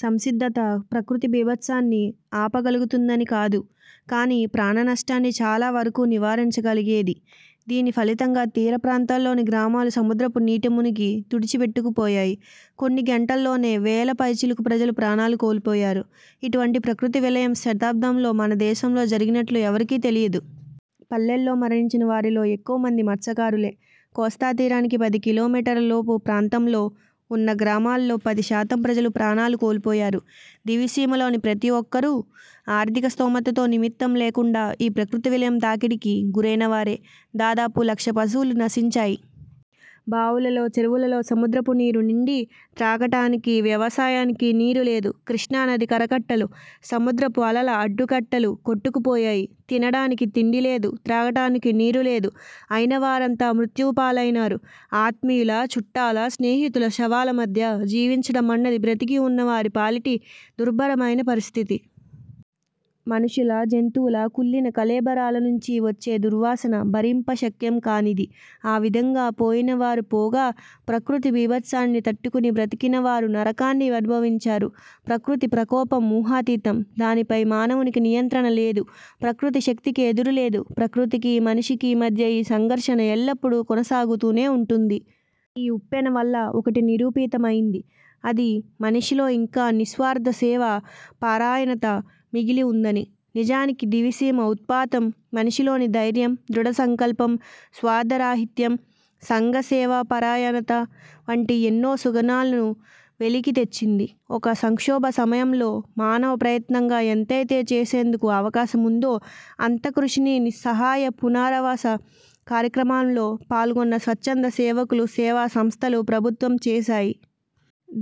సంసిద్ధత ప్రకృతి భీభత్సాన్ని ఆపగలుగుతుందని కాదు, కానీ ప్రాణనష్టాన్ని చాలా వరకూ నివారించగలిగేది. దీని ఫలితంగా తీర ప్రాంతంలోని గ్రామాలు సముద్రపు నీటమునిగి తుడిచిపెట్టుకుపోయాయి. కొన్ని గంటల్లోనే వేల పైచిలుకు ప్రజలు ప్రాణాలు కోల్పోయారు. ఇటువంటి ప్రకృతి విలయం శతాబ్దంలో మనదేశంలో జరిగినట్లు ఎవరికీ తెలియదు. పల్లెల్లో మరణించిన వారిలో ఎక్కువ మంది మత్స్యకారులే. కోస్తాతీరానికి పది కిలోమీటర్ల లోపు ప్రాంతంలో ఉన్న గ్రామాల్లో పది శాతం ప్రజలు ప్రాణాలు కోల్పోయారు. దివిసీమలోని ప్రతి ఒక్కరూ, ఆర్థిక స్తోమతతో నిమిత్తం లేకుండా, ఈ ప్రకృతి విలయం తాకిడికి గురైనవారే. దాదాపు లక్ష పశువులు నశించాయి. బావులలో, చెరువులలో సముద్రపు నీరు నిండి, త్రాగటానికి, వ్యవసాయానికి నీరులేదు. కృష్ణానది కరకట్టలు, సముద్రపు అలల అడ్డుకట్టలు కొట్టుకుపోయాయి. తినడానికి తిండి లేదు. త్రాగటానికి నీరు లేదు. అయినవారంతా మృత్యువు పాలైనారు. ఆత్మీయుల, చుట్టాల, స్నేహితుల శవాల మధ్య జీవించడమన్నది బ్రతికి ఉన్నవారి పాలిటి దుర్భరమైన పరిస్థితి. మనుషుల, జంతువుల కుళ్ళిన కళేబరాల నుంచి వచ్చే దుర్వాసన భరింపశక్యం కానిది. ఆ విధంగా పోయినవారు పోగా ప్రకృతి భీభత్సాన్ని తట్టుకుని బ్రతికిన వారు నరకాన్ని అనుభవించారు. ప్రకృతి ప్రకోపం ఊహాతీతం. దానిపై మానవునికి నియంత్రణ లేదు. ప్రకృతి శక్తికి ఎదురులేదు. ప్రకృతికి – మనిషికి మధ్య ఈ సంఘర్షణ ఎల్లప్పుడూ కొనసాగుతూనే ఉంటుంది. ఈ ఉప్పెన వల్ల ఒకటి నిరూపితమైంది. అది – మనిషిలో ఇంకా నిస్వార్థ సేవా పరాయణత మిగిలి ఉందని. నిజానికి దివిసీమ ఉత్పాతం మనిషిలోని ధైర్యం, దృఢసంకల్పం, స్వార్థ రాహిత్యం, సంఘసేవాపరాయణత వంటి ఎన్నో సుగుణాలను వెలికి తెచ్చింది. ఒక సంక్షోభ సమయంలో మానవ ప్రయత్నంగా ఎంతైతే చేసేందుకు అవకాశముందో, అంత కృషిని సహాయ పునరావాస కార్యక్రమంలో పాల్గొన్న స్వచ్ఛంద సేవకులు, సేవా సంస్థలు, ప్రభుత్వం చేశాయి.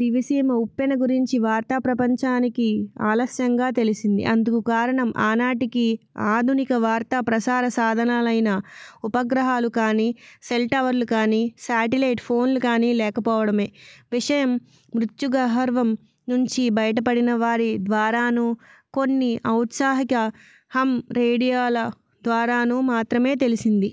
దివిసీమ ఉప్పెన గురించిన వార్త ప్రపంచానికి ఆలస్యంగా తెలిసింది. అందుకు కారణం ఆనాటికి ఆధునిక వార్తా ప్రసార సాధనాలైన ఉపగ్రహాలు కానీ, సెల్ టవర్లు కానీ, శాటిలైట్ ఫోన్లు కానీ లేకపోవడమే. విషయం, మృత్యు గహ్వరం నుంచి బయటపడిన వారి ద్వారానూ, కొన్ని ఔత్సాహిక హామ్ రేడియోల ద్వారానూ మాత్రమే తెలిసింది.